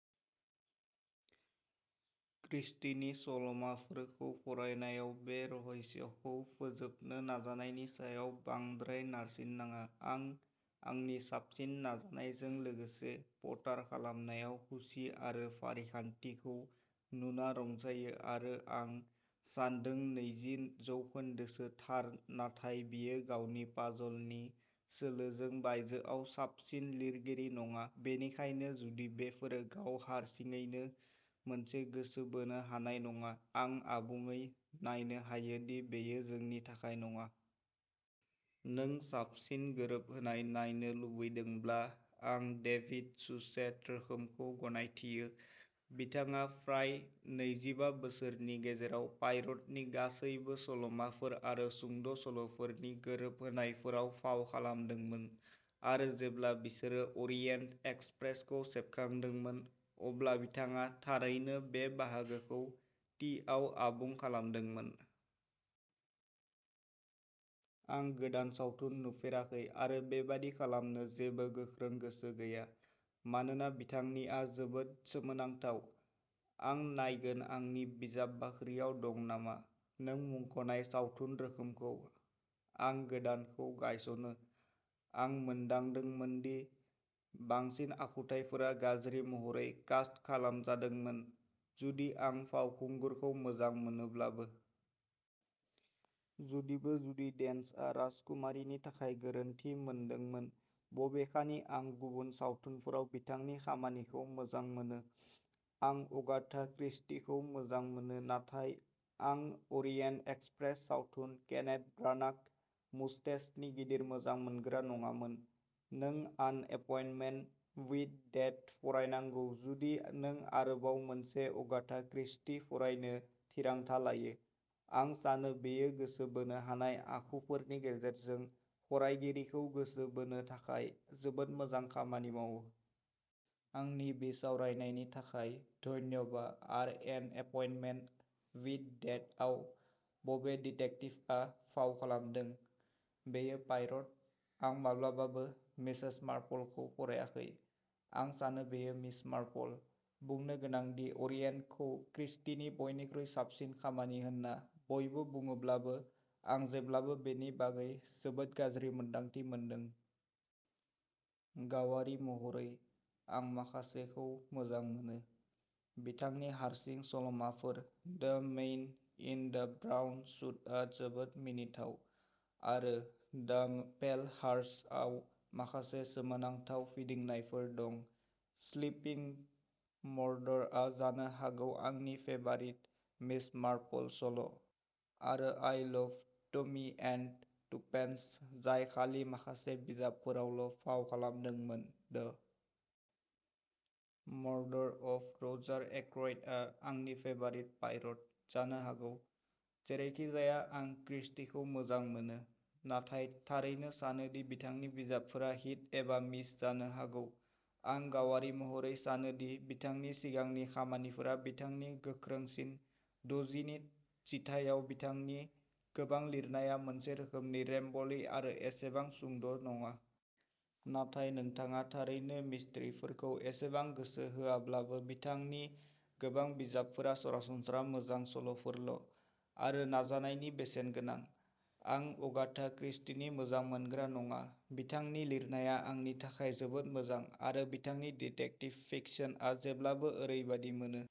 क्रिस्टीनि सल'माफोरखौ फरायनायाव बे रहस्यखौ फोजोबनो नाजानायनि सायाव बांद्राय नारसिननाङा, आं आंनि साबसिन नाजानायजों लोगोसे पटार खालामनायाव खुसि आरो फारिखान्थिखौ नुना रंजायो, आरो आं सान्दों नैजि जौखोन्दोसो थार, नाथाय बियो गावनि पाजलनि सोलोनि बायजोआव साबसिन लिरगिरि नङा, बेनिखायनो जुदि बेफोरो गाव हारसिङैनो मोनसे गोसो बोनो हानाय नङा, आं आबुङै नायनो हायो दि बेयो नोंनि थाखाय नङा! नों साबसिन गोरोबहोनाय नायनो लुबैदोंब्ला, आं डेभिड सुचेत रोखोमखौ गनायथियो। बिथाङा फ्राय नैजिबा बोसोरनि गेजेराव पायर'टनि गासैबो सल'माफोर आरो सुंद'सल'फोरनि गोरोबहोनायफोराव फाव खालामदोंमोन, आरो जेब्ला बिसोरो अरियेन्ट एक्सप्रेसखौ सेबखांदोंमोन, अब्ला बिथाङा थारैनो बे बाहागोखौ टिआव आबुं खालामदोंमोन। आं गोदान सावथुन नुफेराखै आरो बेबादि खालामनो जेबो गोख्रों गोसो गैया, मानोना बिथांनिआ जोबोद सोमोनांथाव। आं नायगोन आंनि बिजाब बाख्रियाव दं नामा। नों मुंख'नाय सावथुन रोखोमखौ। आं गोदानखौ गनायस'नो। आं मोनदांदोंमोन दि बांसिन आखुथाइफोरा गाज्रि महरै कास्ट खालामजादोंमोन, जुदि आं फावखुंगुरखौ मोजां मोनोब्लाबो। जुदिबो जुडी डेन्चआ राजकुमारीनि थाखाय गोरोन्थि मोनदोंमोन, बबेखानि आं गुबुन सावथुनफोराव बिथांनि खामानिखौ मोजां मोनो। आं अगाथा क्रिस्टीखौ मोजां मोनो, नाथाय आं अरियेन्ट एक्सप्रेस सावथुन, केनेथ ब्रानाग, मुस्टेसनि गिदिर मोजां मोनग्रा नङामोन। नों आन एपइन्टमेन्ट विद डेथ फरायनांगौ जुदि नों आरोबाव मोनसे अगाथा क्रिस्टी फरायनो थिरांथा लायो, आं सानो बेयो गोसो बोनो हानाय आखुफोरनि गेजेरजों फरायगिरिखौ गोसो बोनो थाखाय जोबोद मोजां खामानि मावो। आंनि बिसावरायनायनि थाखाय धन्यबा, आर एन एपइन्टमेन्ट विद डेथआव बबे डिटेक्टिभआ फाव खालामदों? बेयो पायर'ट! आं माब्लाबाबो मिसेस मार्पलखौ फरायाखै! आं सानो बेयो मिस मार्पल। बुंनो गोनां दि अरियेन्टखौ क्रिस्टीनि बयनिख्रुइ साबसिन खामानि होन्ना बयबो बुङोब्लाबो, आं जेब्लाबो बेनि बागै जोबोद गाज्रि मोन्दांथि मोनदों। गावारि महरै, आं माखासेखौ मोजां मोनो। बिथांनि हारसिं सल'माफोर 'द मैन इन द ब्राउन सूट'आ जोबोद मिनिथाव, आरो 'द पेल हार्स' आव माखासे सोमोनांथाव फिदिंनायफोर दं।'स्लीपिंग मर्डर'आ जानो हागौ आंनि फेबारिट मिस मार्पल सल', आरो I love Tommy and Tuppence, जाय खालि माखासे बिजाबफोरावल' फाव खालामदोंमोन।'द मर्डर ऑफ रोजर एक्रयड'आ आंनि फेबारिट पायरट जानो हागौ। जेरैखिजाया, आं क्रिस्टीखौ मोजां मोनो, नाथाय थारैनो सानो दि बिथांनि बिजाबफोरा हिट एबा मिस जानो हागौ। आं गावारि महरै सानो दि बिथांनि सिगांनि खामानिफोरा बिथांनि गोख्रोंसिन-द'जि नि जिथायाव बिथांनि गोबां लिरनाया मोनसे रोखोमनि रेम्बली आरो एसेबां सुंद' नङा। नाथाय नोंथाङा थारैनो मिस्टरीफोरखौ एसेबां गोसो होआब्लाबो, बिथांनि गोबां बिजाबफोरा सरासनस्रा मोजां सल'फोरल', आरो नाजानायनि बेसेन गोनां। आं अगाथा क्रिस्टीनि मोजां मोनग्रा नङा, बिथांनि लिरनाया आंनि थाखाय जोबोद मोजां, आरो बिथांनि डिटेक्टिभ फिक्शनआ जेब्लाबो ओरैबादि मोनो।